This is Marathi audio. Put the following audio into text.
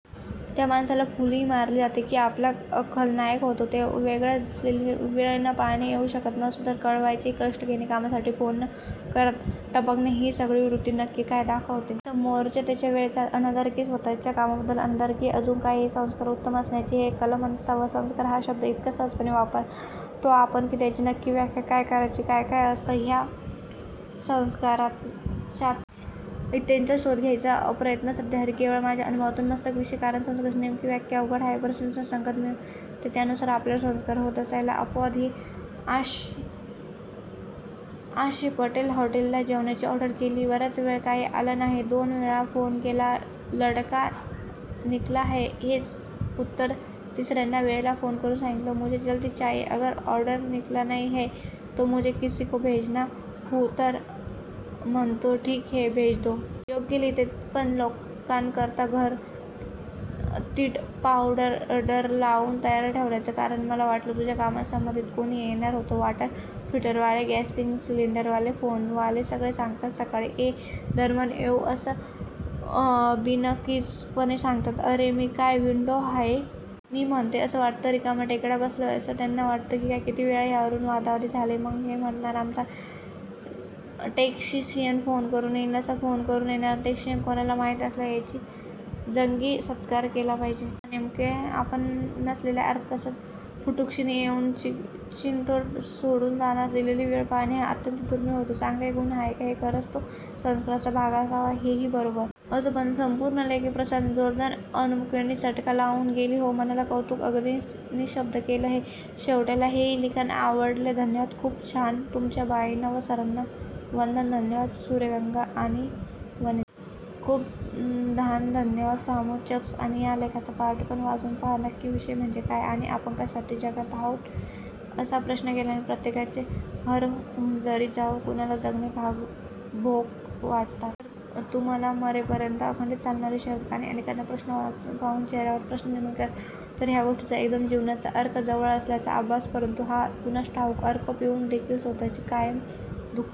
त्या माणसावर फुली मारली जाते. आणि आपला खलनायक होतो ते वेगळंच. दिलेली वेळ न पाळणे, येऊ शकत नसू तर कळवायचेही कष्ट न घेणे, कामासाठी फोन न करताच टपकणे ही सगळी वृत्ती नक्की काय दाखवते? समोरच्याचा/ त्याच्या वेळेचा अनादर? की स्वतःच्याच कामाबद्दल अनादर? की अजून काही? हे संस्कार उत्तम असण्यातलं हे एक कलम नसावं का? संस्कार हा शब्द इतक्या सहजपणे वापरतो आपण. त्याची नक्की व्याख्या काय करायची? काय काय असतं या संस्कारांच्यात? इत्यादीचा शोध घ्यायचा प्रयत्न. सध्यातरी केवळ माझ्या अनुभवातून. मस्तच विषय, कारण संस्काराची नेमकी व्याख्या अवघडच आहे, परिस्थितीनुसार संगत मिळते, त्याप्रमाणे आपल्यावर संस्कार होत असतातयाला अपवाद ही आहेतपटेश! हॉटेल ला जेवणाची ऑर्डर केली होती, बराच वेळ काही आलं नाही, दोन वेळा फोन केला 'लडका निकला है' हेच उत्तर, तिसर्या वेळेला फोन करुन सांगितल 'मुझे जल्दी चाहिये अगर ऑर्डर निकला नही है तो मै किसे को भेजता हु'तर म्हणतो ठिक है भेज दो.. योग्य लिहिलयस. पण या लोकांकरता घर तीटपावडरलावून तयार ठेवण्याचं कारण? मला वाटलं तुझ्या कामाशी संबंधित कोणी येणार होतं. वॉटर फिल्टरवाले, गॅससिलिंडरवाले, फोनवाले, सगळे सांगतानाच सकाळी ते या दरम्यान येऊ असं बिनदिक्कितपणे सांगतात. अरे ही काय विंडो आहे? नी म्हणते तसं आपण रिकामटेकडेच बसलोयत असं त्यांना वाटत की काय. कितीतरी वेळा यावरून वादावादी झालेय. मग ते म्हणणार "आमचा टेक्निशियन फोन करूनच येईल. " असा फोन करून येणारा टेक्निशियन कोणाला माहित असल्यास त्याचा जंगी सत्कारच केला पाहिजे. किंवा नेमके आपण नसलेल्या अर्ध्या तासात पुटुकदिशी येऊन एक चिठोरं सोडून जाणार. दिलेली वेळ पाळणे हा एक अत्यंत दुर्मिळ होत चालेलेला गुण आहे हे खरं. तसंच तो संस्कारांचा भाग असावा हे ही बरोबर. असो पण.. संपूर्ण लेख आणि प्रतिसादांना जोरदार अनुमोदननी, चटका लावुन गेली हो मनाला! कौतूक, अगदी निशब्द केलस रे शेवटाला. हे ही लिखाण आवडलेधन्यवाद. खूप छानतुमच्या बाईंना व सरांना वंदन __/\_ _धन्यवाद सुर्यगंगा आणि विनिता. खूप छानधन्यवाद सामो, च्रप्स आणि. याच लेखाचा पार्ट पण वाचून पहा नक्की 'जीवन म्हणजे काय? ' आणि 'आपण कशासाठी जगात आहोत? ' असा प्रश्न केल्यास प्रत्येकाचे हरहुन्नरी जबाब. कुणाला जगणे म्हणजे 'भोग' वाटतात. तर कुणाला मरेपर्यंत अखंडित चालणारी शर्यत. आणि अनेकांना प्रश्न पाहून चेहऱ्यावरच प्रश्नचिन्ह निर्माण होते. पण एका गोष्टीत एकमत. जीवनचा 'अर्क' जवळ असल्याचा आभास. परंतु, का कुणास ठाऊक अर्क पिऊन देखील स्वतः कायम दु:खी.